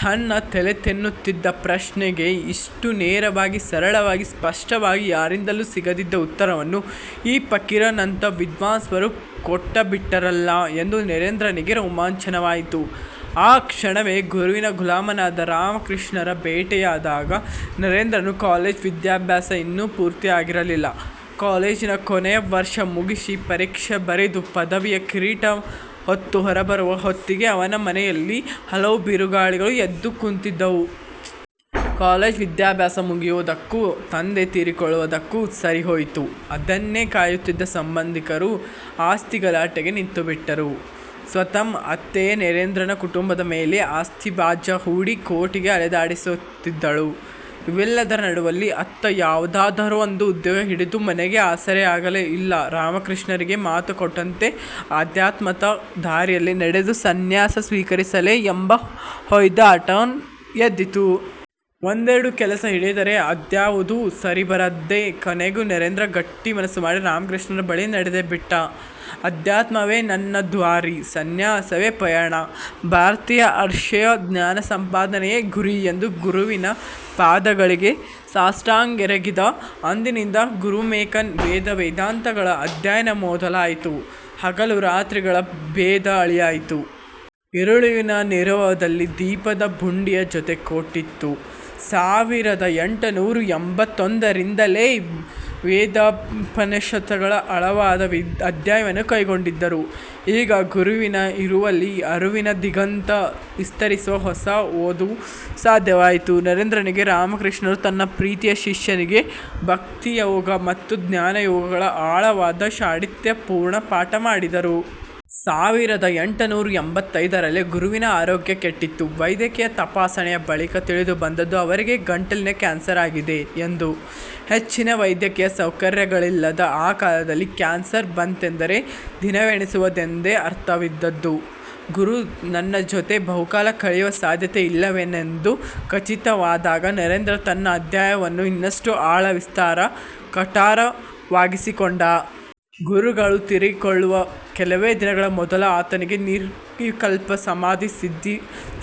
ತನ್ನ ತಲೆತಿನ್ನುತ್ತಿದ್ದ ಪ್ರಶ್ನೆಗೆ ಇಷ್ಟು ನೇರವಾಗಿ ಸರಳವಾಗಿ ಸ್ಪಷ್ಟವಾಗಿ ಯಾರಿಂದಲೂ ಸಿಗದಿದ್ದ ಉತ್ತರವನ್ನು ಈ ಫಕೀರನಂಥ ವಿದ್ವಾಂಸರು ಕೊಟ್ಟುಬಿಟ್ಟರಲ್ಲ ಎಂದು ನರೇಂದ್ರನಿಗೆ ರೋಮಾಂಚನವಾಯಿತು. ಆ ಕ್ಷಣವೇ ಗುರುವಿನ ಗುಲಾಮನಾದ. ರಾಮಕೃಷ್ಣರ ಭೇಟಿಯಾದಾಗ ನರೇಂದ್ರನ ಕಾಲೇಜು ವಿದ್ಯಾಭ್ಯಾಸ ಇನ್ನೂ ಪೂರ್ತಿಯಾಗಿರಲಿಲ್ಲ. ಕಾಲೇಜಿನ ಕೊನೆಯ ವರ್ಷ ಮುಗಿಸಿ ಪರೀಕ್ಷೆ ಬರೆದು ಪದವಿಯ ಕಿರೀಟ ಹೊತ್ತು ಹೊರಬರುವ ಹೊತ್ತಿಗೆ ಅವನ ಮನೆಯಲ್ಲಿ ಹಲವು ಬಿರುಗಾಳಿಗಳು ಎದ್ದು ಕಂತಿದ್ದವು. ಕಾಲೇಜು ವಿದ್ಯಾಭ್ಯಾಸ ಮುಗಿಯುವುದಕ್ಕೂ ತಂದೆ ತೀರಿಕೊಳ್ಳುವುದಕ್ಕೂ ಸರಿಹೋಯಿತು. ಅದನ್ನೇ ಕಾಯುತ್ತಿದ್ದ ಸಂಬಂಧಿಕರು ಆಸ್ತಿಗಲಾಟೆಗೆ ನಿಂತುಬಿಟ್ಟರು. ಸ್ವತಃ ಅತ್ತೆಯೇ ನರೇಂದ್ರನ ಕುಟುಂಬದ ಮೇಲೆ ಆಸ್ತಿವ್ಯಾಜ್ಯ ಹೂಡಿ ಕೋರ್ಟಿಗೆ ಅಲೆದಾಡಿಸಹತ್ತಿದಳು. ಇವೆಲ್ಲದರ ನಡುವಲ್ಲಿ ಅತ್ತ ಯಾವುದಾದರೊಂದು ಉದ್ಯೋಗ ಹಿಡಿದು ಮನೆಗೆ ಆಸರೆಯಾಗಲೇ ಇಲ್ಲಾ ರಾಮಕೃಷ್ಣರಿಗೆ ಮಾತುಕೊಟ್ಟಂತೆ ಅಧ್ಯಾತ್ಮದ ದಾರಿಯಲ್ಲಿ ನಡೆದು ಸಂನ್ಯಾಸ ಸ್ವೀಕರಿಸಲೇ ಎಂಬ ಹೊಯ್ದಾಟ ಎದ್ದಿತು. ಒಂದೆರಡು ಕೆಲಸ ಹಿಡಿದರೂ ಅದ್ಯಾವುದೂ ಸರಿಬರದೆ ಕೊನೆಗೆ ನರೇಂದ್ರ ಗಟ್ಟಿಮನಸ್ಸು ಮಾಡಿ ರಾಮಕೃಷ್ಣರ ಬಳಿ ನಡೆದೇಬಿಟ್ಟ. ಅಧ್ಯಾತ್ಮವೇ ನನ್ನ ದಾರಿ, ಸಂನ್ಯಾಸವೇ ಪಯಣ, ಭಾರತೀಯ ಆರ್ಷೇಯ ಜ್ಞಾನಸಂಪಾದನೆಯೇ ಗುರಿ ಎಂದು ಗುರುವಿನ ಪಾದಗಳಿಗೆ ಸಾಷ್ಟಾಂಗ ಎರಗಿದ. ಅಂದಿನಿಂದ ಗುರುಮುಖೇನ ವೇದ-ವೇದಾಂತಗಳ ಅಧ್ಯಯನ ಮೊದಲಾಯಿತು. ಹಗಲುರಾತ್ರಿಗಳ ಭೇದ ಅಳಿಯಿತು. ಇರುಳಿನ ನೀರವದಲ್ಲಿ ದೀಪದ ಬುಡ್ಡಿಯು ಜೊತೆ ಕೊಟ್ಟಿತು. ಸಾವಿರದ ಎಂಟುನೂರ ಎಂಬತ್ತೊಂದರಿಂದಲೇ ವೇದೋಪನಿಷತ್ತುಗಳ ಆಳವಾದ ಅಧ್ಯಯನ ಕೈಗೊಂಡಿದ್ದರೂ ಈಗ ಗುರುವಿನ ಇರವಲ್ಲಿ ಅರಿವಿನ ದಿಗಂತ ವಿಸ್ತರಿಸುವ ಹೊಸ ಓದು ಸಾಧ್ಯವಾಯಿತು ನರೇಂದ್ರನಿಗೆ. ರಾಮಕೃಷ್ಣರು ತನ್ನ ಪ್ರೀತಿಯ ಶಿಷ್ಯನಿಗೆ ಭಕ್ತಿಯೋಗ ಮತ್ತು ಜ್ಞಾನಯೋಗಗಳ ಆಳವಾದ ಪಾಂಡಿತ್ಯಪೂರ್ಣ ಪಾಠ ಮಾಡಿದರು. ಸಾವಿರದ ಎಂಟುನೂರ ಎಂಬತ್ತೈದರಲ್ಲಿ ಗುರುವಿನ ಆರೋಗ್ಯ ಕೆಟ್ಟಿತು. ವೈದ್ಯಕೀಯ ತಪಾಸಣೆಯ ಬಳಿಕ ತಿಳಿದುಬಂದದ್ದು ಅವರಿಗೆ ಗಂಟಲಿನ ಕ್ಯಾನ್ಸರ್ ಆಗಿದೆ ಎಂದು. ಹೆಚ್ಚಿನ ವೈದ್ಯಕೀಯ ಸೌಕರ್ಯಗಳಿಲ್ಲದ ಆ ಕಾಲದಲ್ಲಿ ಕ್ಯಾನ್ಸರ್ ಬಂತೆಂದರೆ ದಿನವೆಣಿಸುವುದೆಂದೇ ಅರ್ಥವಿದ್ದದ್ದು. ಗುರು ತನ್ನ ಜೊತೆ ಬಹುಕಾಲ ಕಳೆಯುವ ಸಾಧ್ಯತೆ ಇಲ್ಲವೆನ್ನುವುದು ಖಚಿತವಾದಾಗ ನರೇಂದ್ರ ತನ್ನ ಅಧ್ಯಯನವನ್ನು ಇನ್ನಷ್ಟು ಆಳ, ವಿಸ್ತಾರ, ಕಠೋರವಾಗಿಸಿಕೊಂಡ. ಗುರುಗಳು ತೀರಿಕೊಳ್ಳುವ ಕೆಲವೇ ದಿನಗಳ ಮೊದಲು ಆತನಿಗೆ ನಿರ್ವಿಕಲ್ಪ ಸಮಾಧಿ ಸಿದ್ಧಿ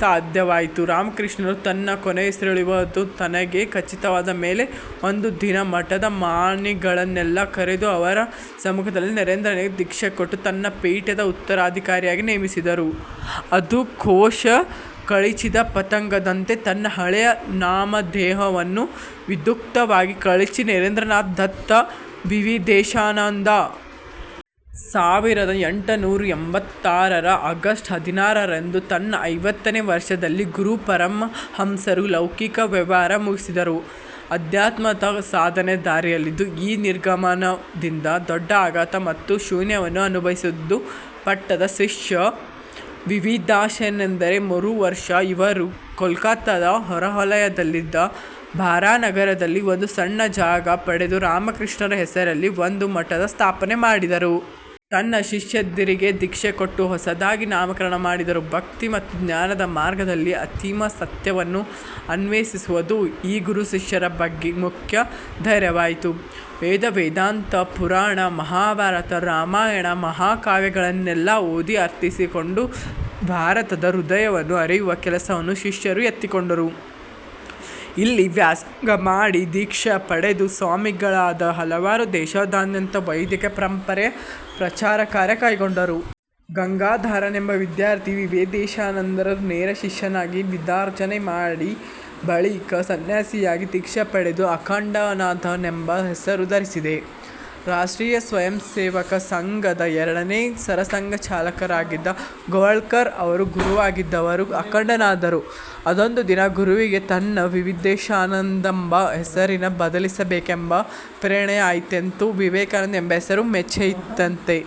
ಸಾಧ್ಯವಾಯಿತು. ರಾಮಕೃಷ್ಣರು ತಾನು ಕೊನೆಯುಸಿರೆಳೆಯುವುದು ತನಗೇ ಖಚಿತವಾದ ಮೇಲೆ ಒಂದುದಿನ ಮಠದ ಮಾಣಿಗಳನ್ನೆಲ್ಲ ಕರೆದು, ಅವರ ಸಮ್ಮುಖದಲ್ಲಿ ನರೇಂದ್ರನಿಗೆ ದೀಕ್ಷೆ ಕೊಟ್ಟು ತನ್ನ ಪೀಠದ ಉತ್ತರಾಧಿಕಾರಿಯಾಗಿ ನೇಮಿಸಿದರು. ಅಂದು ಕೋಶ ಕಳಚಿದ ಪತಂಗದಂತೆ, ತನ್ನ ಹಳೆಯ ನಾಮಧೇಯವನ್ನು ವಿದ್ಯುಕ್ತವಾಗಿ ಕಳಚಿ ನರೇಂದ್ರನಾಥ ದತ್ತ "ವಿವಿಧೀಶಾನಂದ"ನಾದ. ಸಾವಿರದ ಎಂಟುನೂರ ಎಂಬತ್ತಾರರ ಆಗಸ್ಟ್ ಹದಿನಾರರಂದು, ತನ್ನ ಐವತ್ತನೇ ವರ್ಷದಲ್ಲಿ ಗುರು ಪರಮಹಂಸರು ಲೌಕಿಕ ವ್ಯವಹಾರ ಮುಗಿಸಿದರು. ಅಧ್ಯಾತ್ಮದ ಸಾಧನೆಯ ದಾರಿಯಲ್ಲಿದ್ದೂ ಈ ನಿರ್ಗಮನದಿಂದ ದೊಡ್ಡ ಆಘಾತ ಮತ್ತು ಶೂನ್ಯವನ್ನು ಅನುಭವಿಸಿದ್ದು ಪಟ್ಟದ ಶಿಷ್ಯ ವಿವಿಧೀಶಾನಂದರೇ. ಮರುವರ್ಷ ಇವರು ಕೋಲ್ಕತ್ತದ ಹೊರವಲಯದಲ್ಲಿದ್ದ ಬಾರಾನಗರದಲ್ಲಿ ಒಂದು ಸಣ್ಣ ಜಾಗ ಪಡೆದು ರಾಮಕೃಷ್ಣರ ಹೆಸರಲ್ಲಿ ಒಂದು ಮಠದ ಸ್ಥಾಪನೆ ಮಾಡಿದರು. ತನ್ನ ಶಿಷ್ಯಂದಿರಿಗೆ ದೀಕ್ಷೆ ಕೊಟ್ಟು ಹೊಸದಾಗಿ ನಾಮಕರಣ ಮಾಡಿದರು. ಭಕ್ತಿ ಮತ್ತು ಜ್ಞಾನದ ಮಾರ್ಗದಲ್ಲಿ ಅಂತಿಮಸತ್ಯವನ್ನು ಅನ್ವೇಷಿಸುವುದು ಈ ಗುರುಶಿಷ್ಯರ ಮುಖ್ಯ ಧ್ಯೇಯವಾಯಿತು. ವೇದ-ವೇದಾಂತ-ಪುರಾಣ, ಮಹಾಭಾರತ ರಾಮಾಯಣ ಮಹಾಕಾವ್ಯಗಳನ್ನೆಲ್ಲ ಓದಿ ಅರ್ಥೈಸಿಕೊಂಡು ಭಾರತದ ಹೃದಯವನ್ನು ಅರಿಯುವ ಕೆಲಸವನ್ನು ಶಿಷ್ಯರು ಎತ್ತಿಕೊಂಡರು. ಇಲ್ಲಿ ವ್ಯಾಸಂಗ ಮಾಡಿ ದೀಕ್ಷೆ ಪಡೆದು ಸ್ವಾಮಿಗಳಾದ ಹಲವರು ದೇಶಾದ್ಯಂತ ವೈದಿಕ ಪರಂಪರೆಯ ಪ್ರಚಾರಕಾರ್ಯ ಕೈಗೊಂಡರು. ಗಂಗಾಧರನೆಂಬ ವಿದ್ಯಾರ್ಥಿ ವಿವಿಧೀಶಾನಂದರ ನೇರಶಿಷ್ಯನಾಗಿ ವಿದ್ಯಾರ್ಜನೆ ಮಾಡಿ ಬಳಿಕ ಸಂನ್ಯಾಸಿಯಾಗಿ ದೀಕ್ಷೆ ಪಡೆದು ಅಖಂಡಾನಂದನೆಂಬ ಹೆಸರು ಧರಿಸಿದ. ರಾಷ್ಟ್ರೀಯ ಸ್ವಯಂಸೇವಕ ಸಂಘದ ಎರಡನೆ ಸರಸಂಘಚಾಲಕರಾಗಿದ್ದ ಗೋವಾಳ್ಕರ್ ಅವರ ಗುರುವಾಗಿದ್ದವರು ಅಖಂಡಾನಂದರು. ಅದೊಂದು ದಿನ ಗುರುವಿಗೆ ತನ್ನ ವಿವಿಧೀಶಾನಂದನೆಂಬ ಹೆಸರನ್ನು ಬದಲಿಸಬೇಕೆಂಬ ಪ್ರೇರಣೆಯಾಯಿತಂತೆ. ವಿವೇಕಾನಂದ ಎಂಬ ಹೆಸರೇ ಮೆಚ್ಚಾಯಿತಂತೆ.